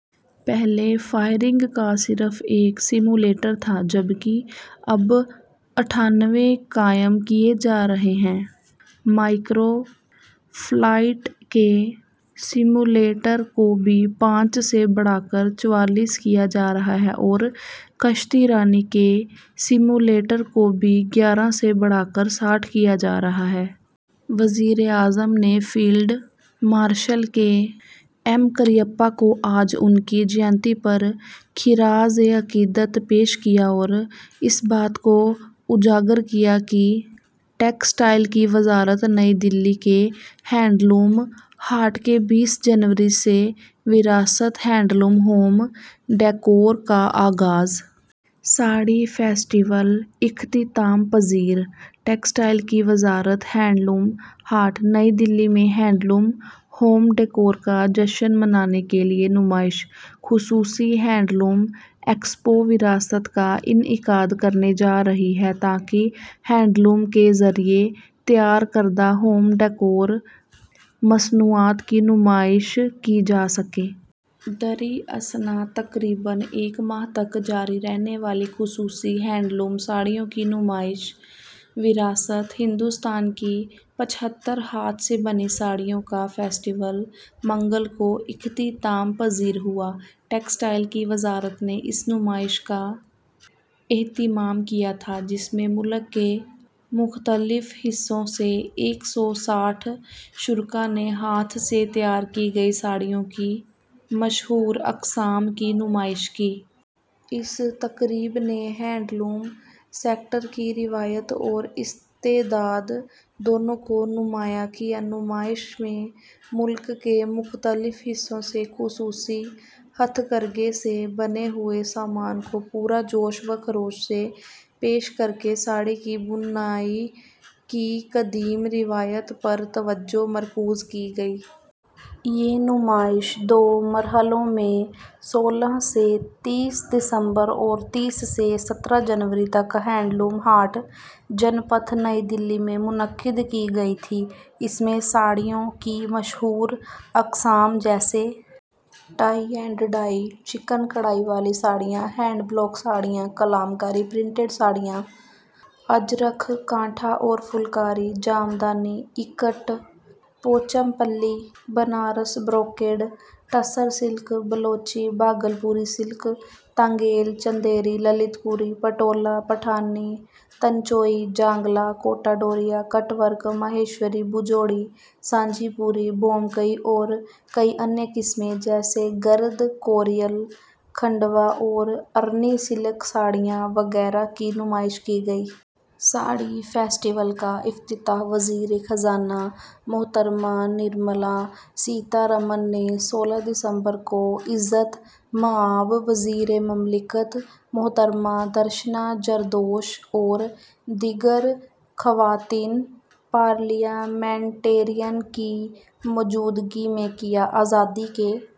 پہلے فائرنگ کا صرف ایک سیمولیٹر تھا، جب کہ اب اٹھانوے قائم کیے جا رہے ہیں۔ مائیکرو فلائٹ کے سیمولیٹر کو بھی پانچ سے بڑھا کر چوالیس کیا جا رہا ہے اور کشتی رانی کے سیمولیٹر کو بھی گیارہ سے بڑھا کر ساٹھ کیا جا رہا ہے۔ وزیر اعظم نے field marshal K M Cariappa کو آج ان کی جینتی پر خراجِ عقیدت پیش کیا اور اس بات کو اجاگر کیا کہ۔ ٹیکسٹائل کی وزارت نئی دہلی کے ہینڈلوم ہاٹ میں بیس جنوری سے ''وراست'' ہینڈلوم ہوم ڈیکور کا آغاز۔ ساڑی فیسٹیول اختتام پذیر۔ ٹیکسٹائل کی وزارت ہینڈلوم ہاٹ، نئی دہلی میں ہینڈلوم ہوم ڈیکور کا جشن منانے کے لیے نمائش، خصوصی ہینڈلوم ایکسپو ''وراست'' کا انعقاد کرنے جا رہی ہے، تاکہ ہینڈلوم کے ذریعے تیار کردہ ہوم ڈیکور مصنوعات کی نمائش کی جا سکے۔ دریں اثنا، تقریباً ایک ماہ تک جاری رہنے والی خصوصی ہینڈلوم ساڑیوں کی نمائش ''وراست''، ہندوستان کی پچہتر ہاتھ سے بنی ساڑیوں کا فیسٹیول، منگل کو اختتام پذیر ہوا۔ ٹیکسٹائل کی وزارت نے اس نمائش کا اہتمام کیا تھا، جس میں ملک کے مختلف حصوں سے ایک سو ساٹھ شرکاء نے ہاتھ سے تیار کی گئی ساڑیوں کی مشہور اقسام کی نمائش کی۔ اس تقریب نے ہینڈلوم سیکٹر کی روایت اور استعداد، دونوں کو نمایاں کیا۔ نمائش میں ملک کے مختلف حصوں سے خصوصی ہتھ کرگھے سے بنے ہوئے سامان کو پورے جوش و خروش سے پیش کرکے ساڑی کی بنائی کی قدیم روایت پر توجہ مرکوز کی گئی۔ یہ نمائش دو مرحلوں میں سولہ سے تیس دسمبر اور تین سے سترہ جنوری تک ہینڈلوم ہاٹ، جن پتھ، نئی دہلی میں منعقد کی گئی تھی۔ اس میں ساڑیوں کی مشہور اقسام، جیسے ٹائی اینڈ ڈائی، چکن کڑھائی والی ساڑیاں، ہینڈ بلاک ساڑیاں، کلام کاری پرنٹ شدہ ساڑیاں، اجرکھ، کانٹھا اور Phulkari, Jamdani, Ikat, Pochampally, Banaras brocade, Tussar silk, Baluchi, Bhagalpuri silk, Tangail, Chanderi, Lalitpuri, Patola, Paithani, Tanchoi, Jangla, Kota Doria, cut work, Maheshwari, Bhujodi, Sanjhipuri, Bomkai اور کئی دیگر اقسام، جیسے گراد کوریال، کھنڈوا اور ارنی سلک ساڑیاں وغیرہ کی نمائش کی گئی۔ ساڑی فیسٹیول کا افتتاح وزیر خزانہ محترمہ نرملا سیتا رمن نے سولہ دسمبر کو عزت مآب وزیر مملکت محترمہ درشنا جردوش اور دیگر خواتین پارلیمنٹیرینز کی موجودگی میں کیا۔ آزادی کے